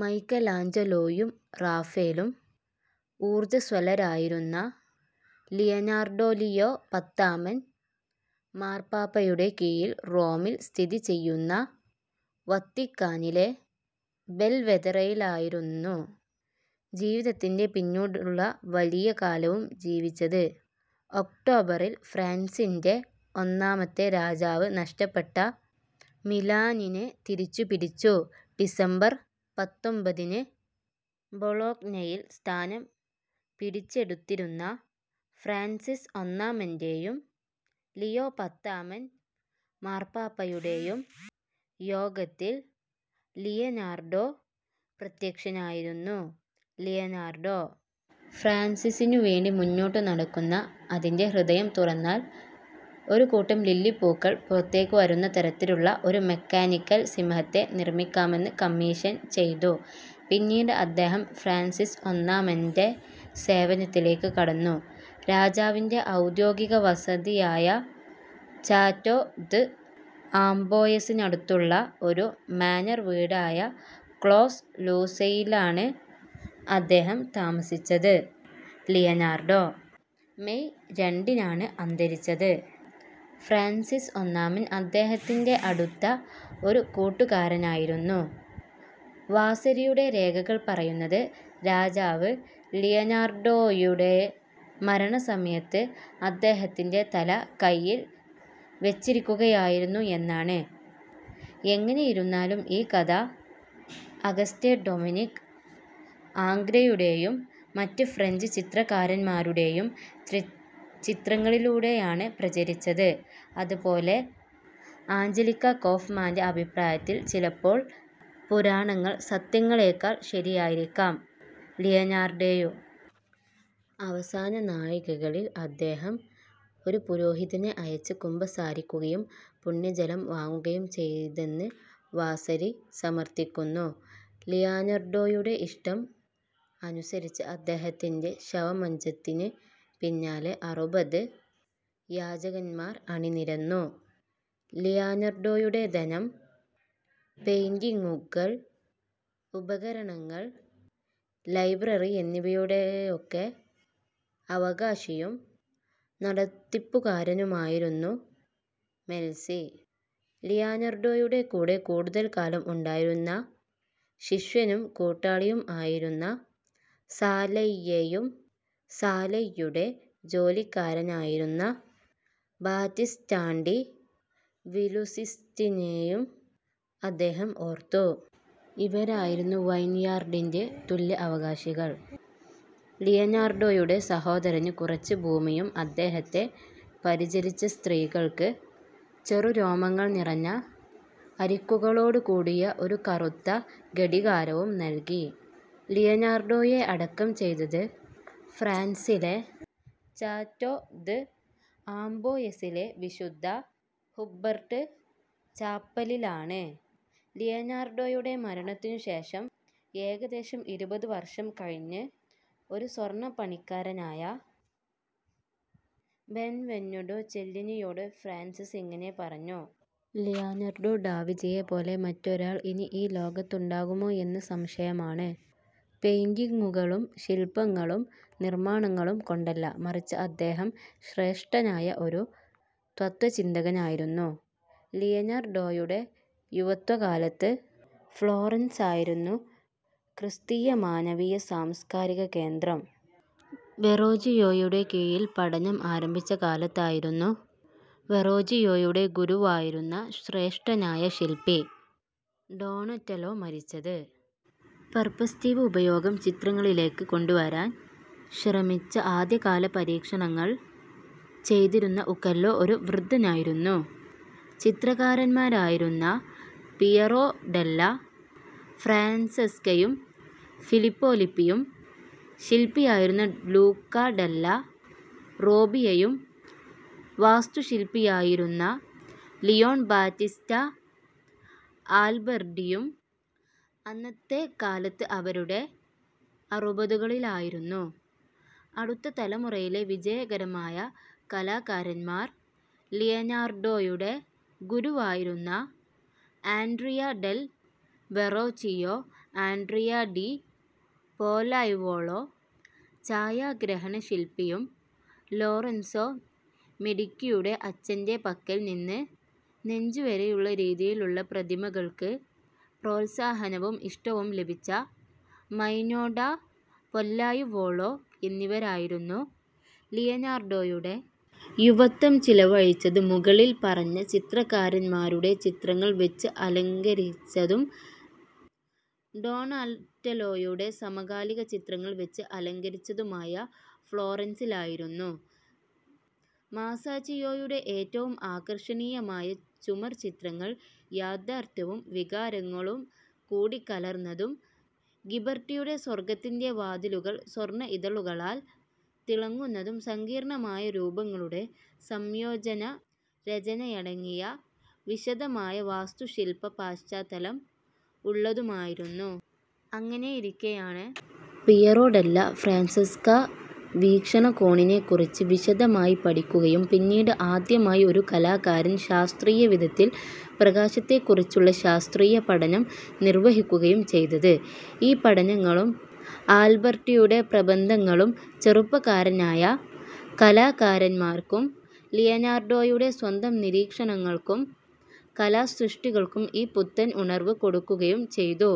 മൈക്കലാഞ്ചലോയും റാഫേലും ഊർജസ്വലരായിരുന്ന Leonardo Leo പത്താമൻ മാർപാപ്പയുടെ കീഴിൽ റോമിൽ സ്ഥിതിചെയ്യുന്ന വത്തിക്കാനിലെ ബെൽവെദെറെയിലായിരുന്നു ജീവിതത്തിൻ്റെ പിന്നീടുള്ള വലിയ കാലവും ജീവിച്ചത്. ഒക്ടോബറിൽ ഫ്രാൻസിൻ്റെ ഒന്നാമത്തെ രാജാവ് നഷ്ടപ്പെട്ട മിലാനിനെ തിരിച്ചുപിടിച്ചു. ഡിസംബർ പത്തൊമ്പതിന് ബൊളോഗ്നയിൽ സ്ഥാനം പിടിച്ചെടുത്തിരുന്ന ഫ്രാൻസിസ് ഒന്നാമൻ്റെ യും ലിയോ പത്താമൻ മാർപാപ്പയുടെയും യോഗത്തിൽ ലിയനാർഡോ പ്രത്യക്ഷനായിരുന്നു. ലിയനാർഡോ ഫ്രാൻസിസിനുവേണ്ടി മുന്നോട്ടു നടക്കുന്ന, അതിൻ്റെ ഹൃദയം തുറന്നാൽ ഒരു കൂട്ടം ലില്ലിപ്പൂക്കൾ പുറത്തേക്ക് വരുന്ന തരത്തിലുള്ള ഒരു മെക്കാനിക്കൽ സിംഹത്തെ നിർമ്മിക്കാമെന്ന് കമ്മീഷൻ ചെയ്തു. പിന്നീട് അദ്ദേഹം ഫ്രാൻസിസ് ഒന്നാമൻ്റെ സേവനത്തിലേക്ക് കടന്നു. രാജാവിൻ്റെ ഔദ്യോഗിക വസതിയായ ചാറ്റോ ദ് ആംബോയസിനടുത്തുള്ള ഒരു മാനർ വീടായ ക്ലോസ് ലൂസെയിലാണ് അദ്ദേഹം താമസിച്ചത്. ലിയനാർഡോ മേയ് രണ്ടിനാണ് അന്തരിച്ചത്. ഫ്രാൻസിസ് ഒന്നാമൻ അദ്ദേഹത്തിൻ്റെ അടുത്ത ഒരു കൂട്ടുകാരനായിരുന്നു. വാസരിയുടെ രേഖകൾ പറയുന്നത്, രാജാവ് ലിയനാർഡോയുടെ മരണസമയത്ത് അദ്ദേഹത്തിൻ്റെ തല കൈയിൽ വച്ചിരിക്കുകയായിരുന്നു എന്നാണ്. എങ്ങനെയിരുന്നാലും ഈ കഥ അഗസ്റ്റേ ഡൊമിനിക് ആംഗ്രയുടെയും മറ്റ് ഫ്രഞ്ച് ചിത്രകാരന്മാരുടെയും ചിത്രങ്ങളിലൂടെയാണ് പ്രചരിച്ചത്. അതുപോലെ ആഞ്ചലിക്ക കോഫ്മാൻ്റെ അഭിപ്രായത്തിൽ ചിലപ്പോൾ പുരാണങ്ങൾ സത്യങ്ങളേക്കാൾ ശരിയായിരിക്കാം. ലിയനാർഡോയുടെ അവസാന നാഴികകളിൽ അദ്ദേഹം ഒരു പുരോഹിതനെ അയച്ച് കുമ്പസാരിക്കുകയും പുണ്യജലം വാങ്ങുകയും ചെയ്തെന്ന് വാസരി സമർത്ഥിക്കുന്നു. ലിയനാർഡോയുടെ ഇഷ്ടം അനുസരിച്ച് അദ്ദേഹത്തിൻ്റെ ശവമഞ്ചത്തിന് പിന്നാലെ അറുപത് യാചകന്മാർ അണിനിരന്നു. ലിയനാർഡോയുടെ ധനം, പെയിന്റിങ്ങുകൾ, ഉപകരണങ്ങൾ, ലൈബ്രറി എന്നിവയുടെയൊക്കെ അവകാശിയും നടത്തിപ്പുകാരനുമായിരുന്നു മെൽസി. ലിയനാർഡോയുടെ കൂടെ കൂടുതൽ കാലം ഉണ്ടായിരുന്ന ശിഷ്യനും കൂട്ടാളിയും ആയിരുന്ന സാലൈയെയും സാലൈയുടെ ജോലിക്കാരനായിരുന്ന ബാറ്റിസ്റ്റാ ഡി വിലുസിസ്സിനെയും അദ്ദേഹം ഓർത്തു. ഇവരായിരുന്നു വൈൻയാർഡിൻ്റെ തുല്യ അവകാശികൾ. ലിയനാർഡോയുടെ സഹോദരന് കുറച്ച് ഭൂമിയും അദ്ദേഹത്തെ പരിചരിച്ച സ്ത്രീക്ക് ചെറുരോമങ്ങൾ നിറഞ്ഞ അരികുകളോടുകൂടിയ ഒരു കറുത്ത ഘടികാരവും നൽകി. ലിയനാർഡോയെ അടക്കം ചെയ്തത് ഫ്രാൻസിലെ ചാറ്റോ ദ് ആംബോയസിലെ വിശുദ്ധ ഹുബർട്ട് ചാപ്പലിലാണ്. ലിയനാർഡോയുടെ മരണത്തിനുശേഷം ഏകദേശം ഇരുപത് വർഷം കഴിഞ്ഞ് ഒരു സ്വർണപ്പണിക്കാരനായ ബെൻവെനുട്ടോ ചെല്ലിനിയോട് ഫ്രാൻസിസ് ഇങ്ങനെ പറഞ്ഞു. ലിയനാർഡോ ഡാവിഞ്ചിയെ പോലെ മറ്റൊരാൾ ഇനി ഈ ലോകത്തുണ്ടാകുമോ എന്ന് സംശയമാണ്. പെയിന്റിങ്ങുകളും ശിൽപ്പങ്ങളും നിർമ്മാണങ്ങളും കൊണ്ടല്ല, മറിച്ച് അദ്ദേഹം ശ്രേഷ്ഠനായ ഒരു തത്ത്വചിന്തകനായിരുന്നു. ലിയനാർഡോയുടെ യുവത്വകാലത്ത് ഫ്ലോറൻസായിരുന്നു ക്രിസ്തീയ മാനവീയ സാംസ്കാരിക കേന്ദ്രം. വെറോച്ചിയോയുടെ കീഴിൽ പഠനം ആരംഭിച്ച കാലത്തായിരുന്നു വെറോച്ചിയോയുടെ ഗുരുവായിരുന്ന ശ്രേഷ്ഠനായ ശിൽപ്പി ഡോണറ്റെലോ മരിച്ചത്. പെർസ്പെക്റ്റീവ് ഉപയോഗം ചിത്രങ്ങളിലേക്ക് കൊണ്ടുവരാൻ ശ്രമിച്ച ആദ്യകാല പരീക്ഷണങ്ങൾ ചെയ്തിരുന്ന ഉക്കെല്ലോ ഒരു വൃദ്ധനായിരുന്നു. ചിത്രകാരന്മാരായിരുന്ന പിയറോ ഡെല്ലാ ഫ്രാൻസെസ്കയും ഫിലിപ്പോ ലിപ്പിയും, ശിൽപ്പിയായിരുന്ന ലൂക്കാ ഡെല്ലാ റോബിയയും, വാസ്തുശിൽപ്പിയായിരുന്ന ലിയോൺ ബാറ്റിസ്റ്റാ ആൽബെർട്ടിയും അന്നത്തെ കാലത്ത് അവരുടെ അറുപതുകളിലായിരുന്നു. അടുത്ത തലമുറയിലെ വിജയകരമായ കലാകാരന്മാർ ലിയനാർഡോയുടെ ഗുരുവായിരുന്ന Andrea del Verrocchio, Antonio di Pollaiuolo, ചായാഗ്രഹണ ശിൽപ്പിയും ലോറൻസോ മെഡികിയുടെ അച്ഛൻ്റെ പക്കൽ നിന്ന് നെഞ്ചുവരെയുള്ള രീതിയിലുള്ള പ്രതിമകൾക്ക് പ്രോത്സാഹനവും ഇഷ്ടവും ലഭിച്ച മൈനോ ഡാ പോല്ലായുവോളോ എന്നിവരായിരുന്നു. ലിയനാർഡോയുടെ യുവത്വം ചിലവഴിച്ചത് മുകളിൽ പറഞ്ഞ ചിത്രകാരന്മാരുടെ ചിത്രങ്ങൾ വച്ച് അലങ്കരിച്ചതും ഡൊണാറ്റെലോയുടെ സമകാലിക ചിത്രങ്ങൾ വച്ച് അലങ്കരിച്ചതുമായ ഫ്ലോറൻസിലായിരുന്നു. മാസാച്ചിയോയുടെ ഏറ്റവും ആകർഷണീയമായ ചുമർചിത്രങ്ങൾ യാഥാർത്ഥ്യവും വികാരങ്ങളും കൂടി കലർന്നതും ഗിബർട്ടിയുടെ സ്വർഗ്ഗത്തിൻ്റെ വാതിലുകൾ സ്വർണ ഇതളുകളാൽ തിളങ്ങുന്നതും സങ്കീർണ്ണമായ രൂപങ്ങളുടെ സംയോജനരചനയടങ്ങിയ വിശദമായ വാസ്തുശിൽപ്പ പശ്ചാത്തലം ഉള്ളതുമായിരുന്നു. അങ്ങനെയിരിക്കെയാണ് പിയറോ ഡെല്ലാ ഫ്രാൻസെസ്ക വീക്ഷണകോണിനെ കുറിച്ച് വിശദമായി പഠിക്കുകയും പിന്നീട് ആദ്യമായി ഒരു കലാകാരൻ ശാസ്ത്രീയ വിധത്തിൽ പ്രകാശത്തെക്കുറിച്ചുള്ള ശാസ്ത്രീയ പഠനം നിർവഹിക്കുകയും ചെയ്തത്. ഈ പഠനങ്ങളും ആൽബെർട്ടിയുടെ പ്രബന്ധങ്ങളും ചെറുപ്പക്കാരായ കലാകാരന്മാർക്കും ലിയനാർഡോയുടെ സ്വന്തം നിരീക്ഷണങ്ങൾക്കും കലാസൃഷ്ടികൾക്കും ഒരു പുത്തൻ ഉണർവ് കൊടുക്കുകയും ചെയ്തു.